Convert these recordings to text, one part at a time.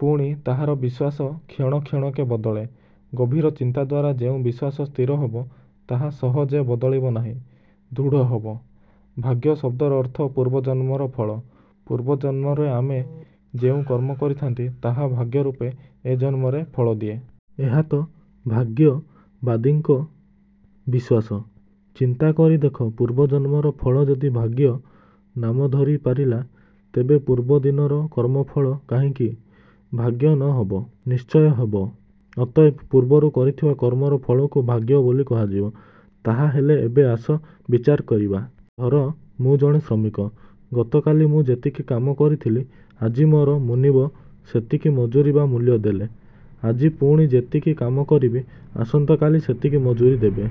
ପୁଣି ତାହାର ବିଶ୍ଵାସ କ୍ଷଣ କ୍ଷଣକେ ବଦଳେ। ଗଭୀର ଚିନ୍ତା ଦ୍ଵାରା ଯେଉଁ ବିଶ୍ଵାସ ସ୍ଥିର ହେବ, ତାହା ସହଜେ ବଦଳିବ ନାହିଁ; ଦୃଢ଼ ହେବ। ଭାଗ୍ୟ ଶବ୍ଦର ଅର୍ଥ ପୂର୍ବଜନ୍ମର ଫଳ। ପୂର୍ବଜନ୍ମରେ ଆମେ ଯେଉଁ କର୍ମ କରିଥାନ୍ତି, ତାହା ଭାଗ୍ୟରୂପେ ଏ ଜନ୍ମରେ ଫଳ ଦିଏ। ଏହାତ ଭାଗ୍ୟବାଦୀଙ୍କ ବିଶ୍ଵାସ। ଚିନ୍ତା କରି ଦେଖ; ପୂର୍ବଜନ୍ମର ଫଳ ଯଦି ଭାଗ୍ୟ ନାମ ଧରି ପାରିଲା ତେବେ ପୂର୍ବ ଦିନର କର୍ମଫଳ କାହିଁକି ଭାଗ୍ୟ ନ ହେବ? ନିଶ୍ଚୟ ହେବ। ଅତଏବ ପୂର୍ବରୁ କରିଥିବା କର୍ମର ଫଳକୁ ଭାଗ୍ୟ ବୋଲି କୁହାଯିବ। ତାହାହେଲେ ଏବେ ଆସ, ବିଚାର କରିବା। ଧର, ମୁଁ ଜଣେ ଶ୍ରମିକ। ଗତକାଲି ମୁଁ ଯେତିକି କାମ କରିଥିଲି, ଆଜି ମୋର ମୁନିବ ସେତିକି ମଜୁରୀ ବା ମୂଲ୍ୟ ଦେଲେ। ଆଜି ପୁଣି ଯେତିକି କାମ କରିବି, ଆସନ୍ତାକାଲି ସେତିକି ମଜୁରୀ ଦେବେ।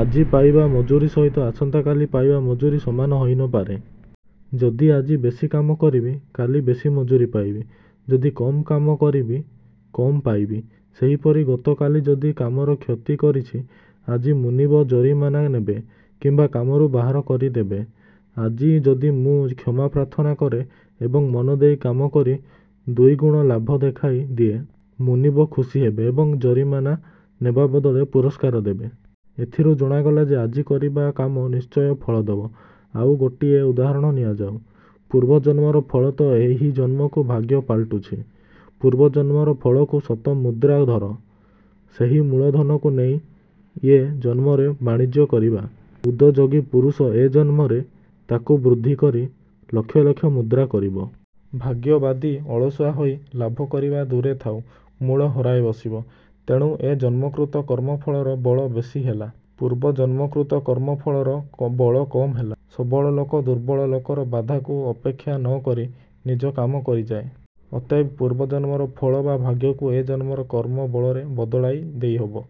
ଆଜି ପାଇବା ମଜୁରୀ ସହିତ ଆସନ୍ତାକାଲି ପାଇବା ମଜୁରୀ ସମାନ ହୋଇ ନ ପାରେ। ଯଦି ଆଜି ବେଶୀ କାମ କରିବି, କାଲି ବେଶୀ ମଜୁରୀ ପାଇବି। ଯଦି କମ୍ କରିବି, କମ୍ ପାଇବି। ସେହିପରି ଗତକାଲି ଯଦି କାମର କ୍ଷତି କରିଛି, ଆଜି ମୁନିବ ଜୋରିମାନା ନେବେ କିମ୍ବା କାମରୁ ବାହାର କରିଦେବେ। ଆଜି ଯଦି ମୁଁ କ୍ଷମା ପ୍ରାର୍ଥନା କରେ ଏବଂ ମନଦେଇ କାମ କରି ଦୁଇ ଗୁଣ ଲାଭ ଦେଖାଇ ଦିଏ, ମୁନିବ ଖୁସି ହେବେ ଏବଂ ଜୋରିମାନା ନେବା ବଦଳରେ ପୁରସ୍କାର ଦେବେ। ଏଥିରୁ ଜଣାଗଲା ଯେ, ଆଜି କରିବା କାମ ନିଶ୍ଚୟ ଫଳ ଦେବ। ଆଉ ଗୋଟିଏ ଉଦାହରଣ ନିଆଯାଉ। ପୂର୍ବଜନ୍ମର ଫଳ ତ ଏହି ଜନ୍ମକୁ ଭାଗ୍ୟ ପାଲଟୁଛି। ପୂର୍ବଜନ୍ମର ଫଳକୁ ଶତ ମୁଦ୍ରା ଧର। ସେହି ମୂଳଧନକୁ ନେଇ ଏ ଜନ୍ମରେ ବାଣିଜ୍ୟ କରିବା। ଉଦଯୋଗୀ ପୁରୁଷ ଏ ଜନ୍ମରେ ତାକୁ ବୃଦ୍ଧି କରି ଲକ୍ଷ ଲକ୍ଷ ମୁଦ୍ରା କରିବ। ଭାଗ୍ୟବାଦୀ ଅଳସୁଆ ହୋଇ ଲାଭ କରିବା ଦୂରେ ଥାଉ ମୂଳ ହରାଇ ବସିବ। ତେଣୁ ଏ ଜନ୍ମକୃତ କର୍ମଫଳର ବଳ ବେଶୀ ହେଲା। ପୂର୍ବ ଜନ୍ମକୃତ କର୍ମଫଳର ବଳ କମ୍ ହେଲା। ସବଳ ଲୋକ ଦୁର୍ବଳ ଲୋକର ବାଧାକୁ ଅପେକ୍ଷା ନ କରି ନିଜ କାମ କରିଯାଏ। ଅତଏବ ପୂର୍ବଜନ୍ମର ଫଳ ବା ଭାଗ୍ୟକୁ ଏ ଜନ୍ମର କର୍ମ ବଳରେ ବଦଳାଇ ଦେଇହେବ।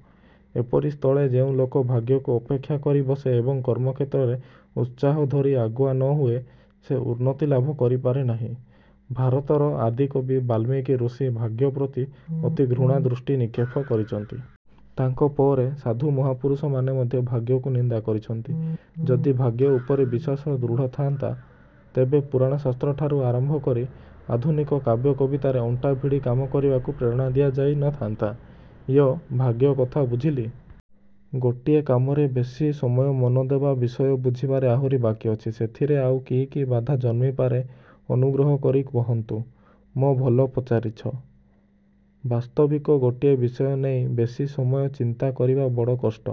ଏପରି ସ୍ଥଳେ ଯେଉଁ ଲୋକ ଭାଗ୍ୟକୁ। ଅପେକ୍ଷା କରି ବସେ ଏବଂ କର୍ମକ୍ଷେତ୍ରରେ ଉତ୍ସାହ ଧରି ଆଗୁଆ ନ ହୁଏ, ସେ ଉନ୍ନତି ଲାଭ କରିପାରେ ନାହିଁ। ଭାତରର ଆଦିକବି ବାଲ୍ମୀକି ଋଷି ଭାଗ୍ୟ ପ୍ରତି ଅତି ଘୃଣା ଦୃଷ୍ଟି ନିକ୍ଷେପ କରିଛନ୍ତି। ତାଙ୍କ ପରେ ସାଧୁ ମହାପୁରୁଷମାନେ ମଧ୍ୟ ଭାଗ୍ୟକୁ ନିନ୍ଦା କରିଛନ୍ତି। ଯଦି ଭାଗ୍ୟ ଉପରେ ବିଶ୍ଵାସ ଦୃଢ଼ ଥାନ୍ତା, ତେବେ ପୁରାଣ ଶାସ୍ତ୍ର ଠାରୁ ଆରମ୍ଭ କରି ଆଧୁନିକ କାବ୍ୟ କବିତାରେ ଅଣ୍ଟା ଭିଡ଼ି କାମ କରିବାକୁ ପ୍ରେରଣା ଦିଆଯାଇ ନ ଥାନ୍ତା-। ୟ-ଭାଗ୍ୟ କଥା ବୁଝିଲି। ଗୋଟିଏ କାମରେ ବେଶୀ ସମୟ ମନ ଦେବା ବିଷୟ ବୁଝିବାରେ ଆହୁରି ବାକି ଅଛି। ସେଥିରେ ଆଉ କି କି ବାଧା ଜନ୍ମିପାରେ ଅନୁଗ୍ରହ କରି କହନ୍ତୁ। ମ-ଭଲ ପଚାରିଛ। ବାସ୍ତବିକ ଗୋଟିଏ ବିଷୟ ନେଇ ବେଶୀ ସମୟ ଚିନ୍ତା କରିବା ବଡ଼ କଷ୍ଟ।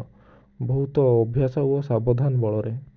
ବହୁତ ଅଭ୍ୟାସ ଓ ସାବଧାନ ବଳରେ